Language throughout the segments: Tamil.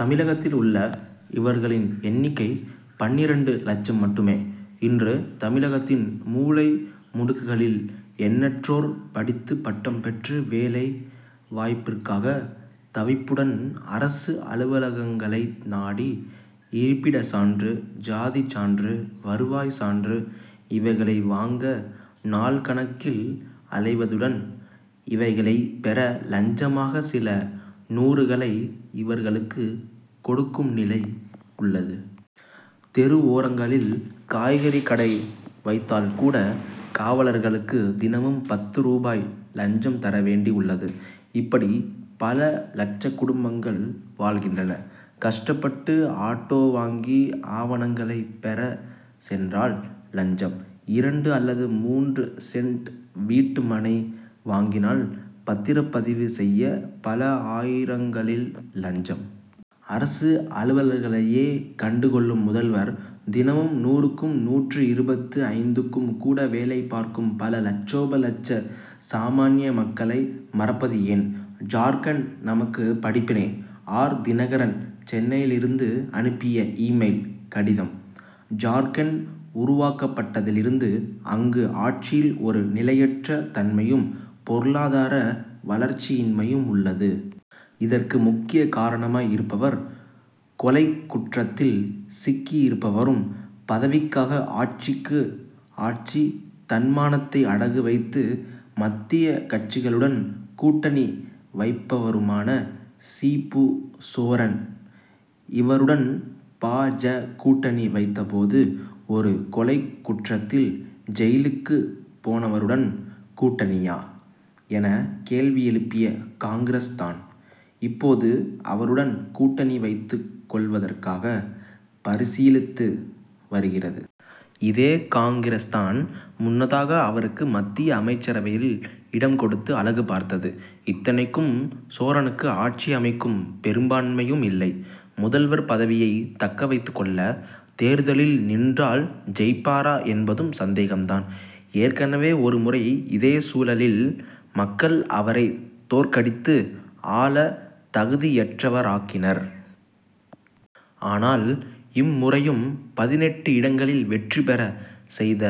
தமிழகத்தில் உள்ள இவர்களின் எண்ணிக்கை பன்னிரண்டு லட்சம் மட்டுமே. இன்று, தமிழகத்தின் மூலை முடுக்குகளில் எண்ணற்றோர் படித்து பட்டம் பெற்று, வேலை வாய்ப்பிற்காக தவிப்புடன் அரசு அலுவலகங்களை நாடி, இருப்பிட சான்று, ஜாதி சான்று, வருவாய் சான்று இவைகளை வாங்க, நாள்கணக்கில் அலைவதுடன், இவைகளை பெற லஞ்சமாக சில நூறுகளை இவர்களுக்கு கொடுக்கும் நிலை உள்ளது. தெரு ஓரங்களில் காய்கறி கடை வைத்தால் கூட, காவலர்களுக்கு தினமும் பத்து ரூபாய் லஞ்சம் தரவேண்டி உள்ளது. இப்படி பல லட்ச குடும்பங்கள் வாழ்கின்றன. கஷ்டப்பட்டு ஆட்டோ வாங்கி, ஆவணங்களை பெற சென்றால் லஞ்சம். இரண்டு அல்லது மூன்று சென்ட் வீட்டு மனை வாங்கினால், பத்திரப் பதிவு செய்ய, பல ஆயிரங்களில் லஞ்சம். அரசு அலுவலர்களையே கண்டு கொள்ளும் முதல்வர், தினமும், நூறுக்கும் நூற்று இருபத்து ஐந்துக்கும் கூட வேலை பார்க்கும் பல லட்சோப லட்ச சாமான்ய மக்களை மறப்பது ஏன்? ஜார்க்கண்ட் நமக்கு படிப்பினை! ஆர். தினகரன், சென்னையிலிருந்து அனுப்பிய, இ-மெயில்' கடிதம்: ஜார்க்கண்ட் உருவாக்கப்பட்டதிலிருந்து, அங்கு ஆட்சியில் ஒரு நிலையற்ற தன்மையும், பொருளாதார வளர்ச்சியின்மையும் உள்ளது. இதற்கு முக்கிய காரணமாய் இருப்பவர், கொலைக் குற்றத்தில் சிக்கியிருப்பவரும், பதவிக்காக ஆட்சிக்கு ஆட்சி, தன்மானத்தை அடகு வைத்து, மத்திய கட்சிகளுடன் கூட்டணி வைப்பவருமான சிபு சோரன். இவருடன் பா. ஜ., கூட்டணி வைத்த போது, ஒரு கொலைக் குற்றத்தில் ஜெயிலுக்கு போனவருடன் கூட்டணியா? ' என கேள்வி எழுப்பிய காங்கிரஸ் தான், இப்போது அவருடன் கூட்டணி வைத்துக் கொள்வதற்காக பரிசீலித்து வருகிறது. இதே காங்கிரஸ் தான், முன்னதாக அவருக்கு மத்திய அமைச்சரவையில் இடம் கொடுத்து அழகு பார்த்தது. இத்தனைக்கும், சோரனுக்கு ஆட்சி அமைக்கும் பெரும்பான்மையும் இல்லை. முதல்வர் பதவியை தக்க வைத்துக் கொள்ள, தேர்தலில் நின்றால் ஜெயிப்பாரா என்பதும் சந்தேகம் தான். ஏற்கனவே ஒருமுறை இதே சூழலில், மக்கள் அவரை தோற்கடித்து, ஆள தகுதியற்றவராக்கினர். ஆனால், இம்முறையும் பதினெட்டு இடங்களில் வெற்றி பெற செய்த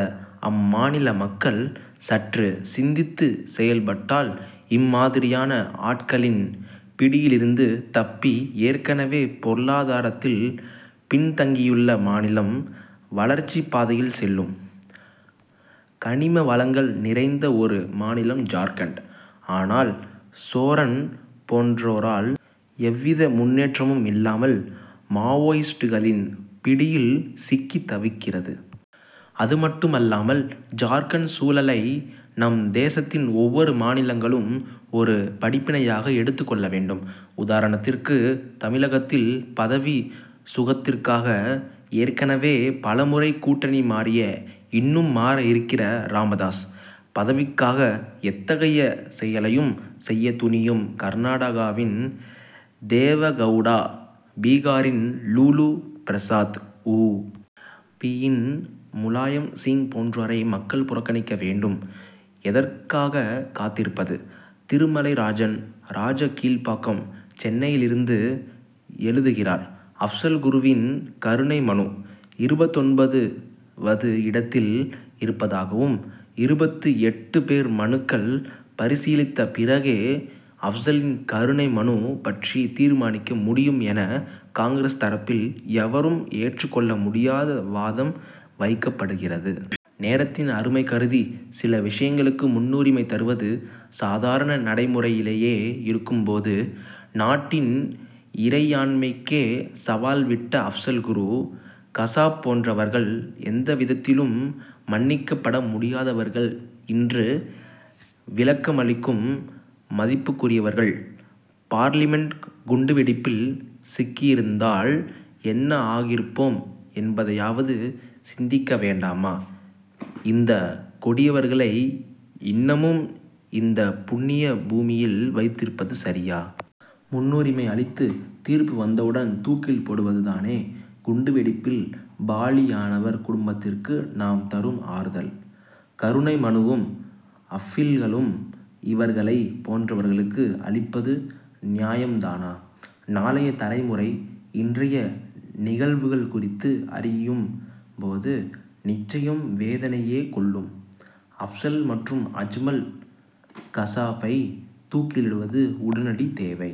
அம்மாநில மக்கள், சற்று சிந்தித்து செயல்பட்டால், இம்மாதிரியான ஆட்களின் பிடியிலிருந்து தப்பி, ஏற்கனவே பொருளாதாரத்தில் பின்தங்கியுள்ள மாநிலம், வளர்ச்சிப் பாதையில் செல்லும். கனிமவளங்கள் நிறைந்த ஒரு மாநிலம் ஜார்க்கண்ட். ஆனால், சோரன் போன்றோரால், எவ்வித முன்னேற்றமும் இல்லாமல், மாவோயிஸ்டுகளின் பிடியில் சிக்கி தவிக்கிறது. அதுமட்டுமல்லாமல், ஜார்க்கண்ட் சூழலை நம் தேசத்தின் ஒவ்வொரு மாநிலங்களும், ஒரு படிப்பினையாக எடுத்துக் கொள்ள வேண்டும். உதாரணத்திற்கு, தமிழகத்தில் பதவி சுகத்திற்காக, ஏற்கனவே பலமுறை கூட்டணி மாறிய, இன்னும் மாற இருக்கிற ராமதாஸ், பதவிக்காக எத்தகைய செயலையும் செய்ய துணியும் கர்நாடகாவின் தேவகவுடா, பீகாரின் லாலு பிரசாத், உ. பி.,யின் முலாயம் சிங் போன்றோரை, மக்கள் புறக்கணிக்க வேண்டும். எதற்காக காத்திருப்பது? திருமலைராஜன், ராஜகீழ்பாக்கம், சென்னையிலிருந்து எழுதுகிறார் அப்சல் குருவின் கருணை மனு, இருபத்தொன்பது வது இடத்தில் இருப்பதாகவும், இருபத்து எட்டு பேர் மனுக்கள் பரிசீலித்த பிறகே, அப்சலின் கருணை மனு பற்றி தீர்மானிக்க முடியும்' என, காங்கிரஸ் தரப்பில், எவரும் ஏற்று கொள்ள முடியாத வாதம் வைக்கப்படுகிறது. நேரத்தின் அருமை கருதி, சில விஷயங்களுக்கு முன்னுரிமை தருவது, சாதாரண நடைமுறையிலேயே இருக்கும் போது, நாட்டின் இறையாண்மைக்கே சவால்விட்ட அப்சல் குரு, கசாப் போன்றவர்கள் எந்தவிதத்திலும் மன்னிக்கப்பட முடியாதவர்கள். இன்று விளக்கமளிக்கும் மதிப்புக்குரியவர்கள், பார்லிமென்ட் குண்டுவெடிப்பில் சிக்கியிருந்தால், என்ன ஆகியிருப்போம் என்பதையாவது சிந்திக்க வேண்டாமா? இந்த கொடியவர்களை இன்னமும் இந்த புண்ணிய பூமியில் வைத்திருப்பது சரியா? முன்னுரிமை அளித்து, தீர்ப்பு வந்தவுடன், தூக்கில் போடுவது தானே, குண்டுவெடிப்பில் பாலியானவர் குடும்பத்திற்கு நாம் தரும் ஆறுதல். கருணை மனுவும், அப்பீல்களும் இவர்களை போன்றவர்களுக்கு அளிப்பது நியாயம் தானா? நாளைய தலைமுறை, இன்றைய நிகழ்வுகள் குறித்து அறியும் போது, நிச்சயம் வேதனையே கொள்ளும். அப்சல் மற்றும் அஜ்மல் கசாபை தூக்கிலிடுவது உடனடி தேவை.